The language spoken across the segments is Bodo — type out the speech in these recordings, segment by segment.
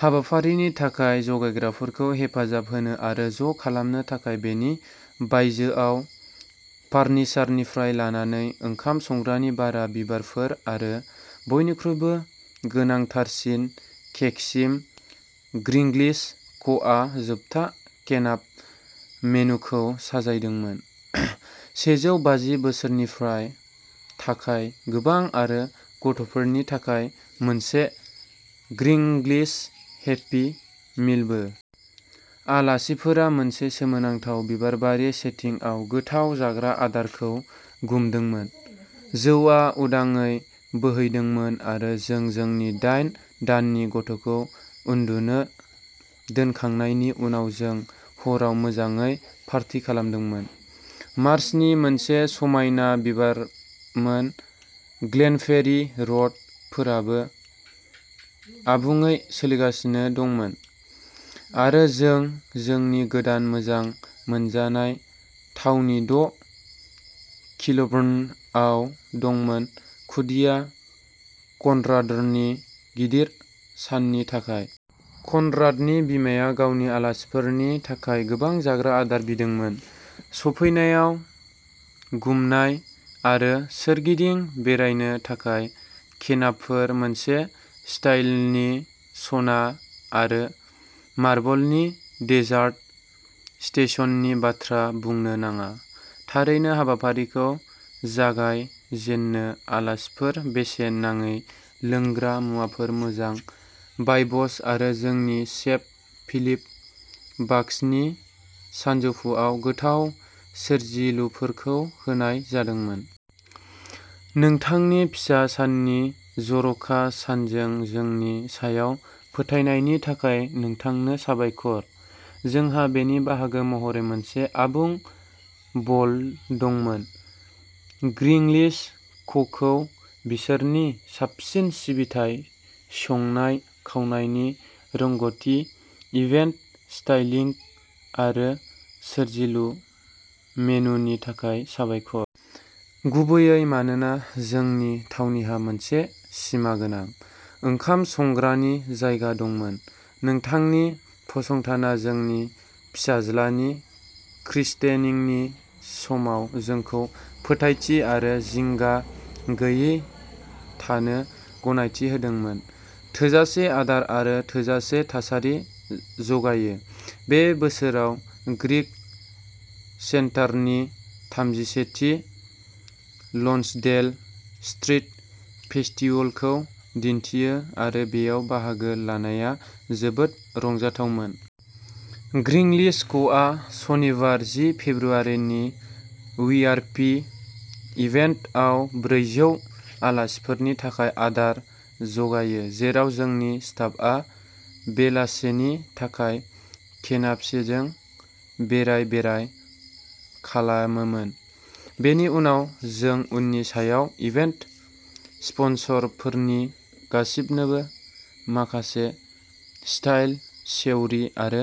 हाबाफारिनि थाखाय जगायग्राफोरखौ हेफाजाब होनो आरो ज' खालामनो थाखाय बेनि बायजोआव फार्निचारनिफ्राय लानानै ओंखाम संग्रानि भारा, बिबारफोर आरो बयनिख्रुइबो गोनांथारसिन केकसिम ग्रिंग्लिश क'आ जोबथा केनाप मेनुखौ साजायदोंमोन, सेजौ बाजि बैसोरफोरनिफ्राय थाखाय गोबां आरो गथ'फोरनि थाखाय मोनसे ग्रिंग्लिश हेपि मिलबो। आलासिफोरा मोनसे सोमोनांथाव बिबारबारि सेटिंआव गोथाव जाग्रा आदारखौ गुमदोंमोन, जौआ उदाङै बोहैदोंमोन आरो जों जोंनि दाइन दाननि गथ'खौ उन्दुनो दोनखांनायनि उनाव जों हराव मोजाङै पार्टी खालामदोंमोन। मार्चनि मोनसे समायना बिबारमोन, ग्लेनफेरि र'ड फोराबो आबुङै सोलिगासिनोमोन आरो जों जोंनि गोदान मोजां मोनजानाय थावनि द' किलबर्न'आव दंमोन खुदिया कनराडनि गिदिर साननि थाखाय। कनराडनि बिमाया गावनि आलासिफोरनि थाखाय गोबां जाग्रा आदार बिदोंमोन, सफैनायाव गुमनाय आरो सोरगिदिं बेरायनो थाखाय केनापफोर मोनसे स्टाइलनि सना आरो मार्बलनि डेजार्ट स्टेशननि बाथ्रा बुंनो नाङा, थारैनो हाबाफारिखौ जागाय जेननो आलासिफोर बेसेन नाङै लोंग्रा मुवाफोर, मोजां भाइबस आरो जोंनि सेफ फिलिप भाकसनि सानजौफुआव गोथाव सोरजिलुफोरखौ होनाय जादोंमोन। नोंथांनि फिसा साननि जर'खा सानजों जोंनि सायाव फोथायनायनि थाखाय नोंथांनो साबायखर, जोंहा बेनि बाहागो महरै मोनसे आबुं बल दंमोन। 'ग्रिंलिश क'खौ बिसोरनि साबसिन सिबिथाइ, संनाय-खावनायनि रोंग'थि, इभेन्ट स्टाइलिंग आरो सोरजिलु मेनुनि थाखाय साबायखर। गुबैयै मानोना जोंनि थावनिहा मोनसे सिमागोनां ओंखाम संग्रानि जायगा दंमोन। नोंथांनि फसंथाना जोंनि फिसाज्लानि क्रिस्टेनिंनि समाव जोंखौ फोथायथि आरो जिंगा गैयै थानो गनायथि होदोंमोन थोजासे आदार आरो थोजासे थासारि जगायो। बे बोसोराव ग्रीक सेन्टारनि थामजिसेथि लन्सडेल स्ट्रीट फेस्टिवलखौ दिन्थियो आरो बेयाव बाहागो लानाया जोबोद रंजाथावमोन। ग्रिंलिश क'आ सनिबार जि फेब्रुआरिनि 'वीआरपी इभेन्ट'आव ब्रैजौ आलासिफोरनि थाखाय आदार जगायो, जेराव जोंनि स्टाफआ बेलासेनि थाखाय केनापेसजों बेराय-बेराय खालामोमोन। बेनि उनाव जों उननि सानाव इभेन्ट स्पन्सरफोरनि गासिबनोबो माखासे स्टाइल सेवरी आरो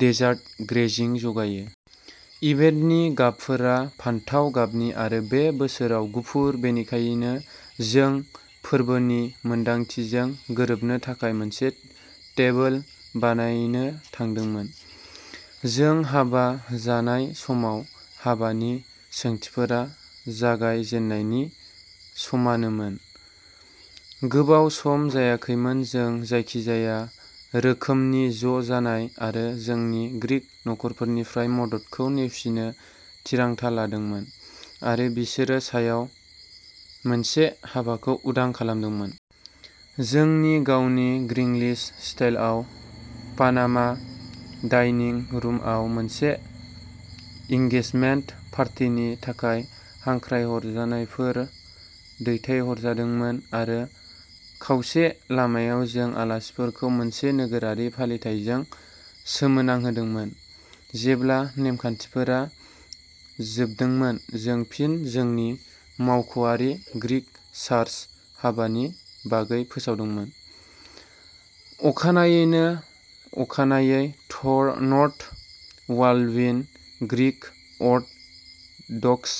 डेजार्ट ग्रेजिं जगायो। इभेन्टनि गाबफोरा फान्थाव गाबनि आरो बे बोसोराव गुफुर, बेनिखायनो जों फोरबोनि मोनदांथिजों गोरोबनो थाखाय मोनसे टेबोल बानायनो थांदोंमोन। जों हाबा जानाय समाव, हाबानि सोंथिफोरा जागाय जेननायनि समानोमोन। गोबाव सम जायाखैमोन, जों जायखिजाया रोखोमनि ज' जानाय आरो जोंनि ग्रीक नखरफोरनिफ्राय 'मदद'खौ नेवसिनो थिरांथा लादोंमोन आरो बिसोरनि सायाव मोनसे हाबाखौ उदां खालामदोंमोन। जोंनि गावनि 'ग्रिंग्लिश'स्टाइलआव पानामा डाइनिं रुमआव मोनसे एंगेजमेन्ट पार्टिनि थाखाय हांख्रायहरनायफोर दैथायहरजादोंमोन आरो खावसे लामायाव जों आलासिफोरखौ मोनसे नोगोरारि फालिथायजों सोमोनांहोदोंमोन। जेब्ला नेमखान्थिफोरा जोबदोंमोन, जों फिन जोंनि मावख'आरि ग्रीक चार्च हाबानि बागै फोसावदोंमोन, अखानायैनो, अखानायै थर नर्थ बालविन ग्रीक अर्थ'डक्स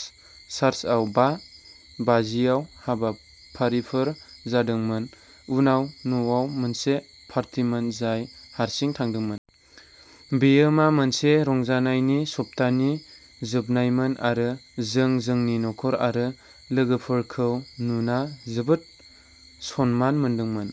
चार्चआव बा बाजियाव हाबाफारिफोर जादोंमोन, उनाव न'आव मोनसे पार्टीमोन जाय हरसिम थांदोंमोन। बेयो मा मोनसे रंजानायनि सप्तानि जोबनायमोन आरो जों जोंनि नखर आरो लोगोफोरखौ नुना जोबोद सनमान मोनदोंमोन।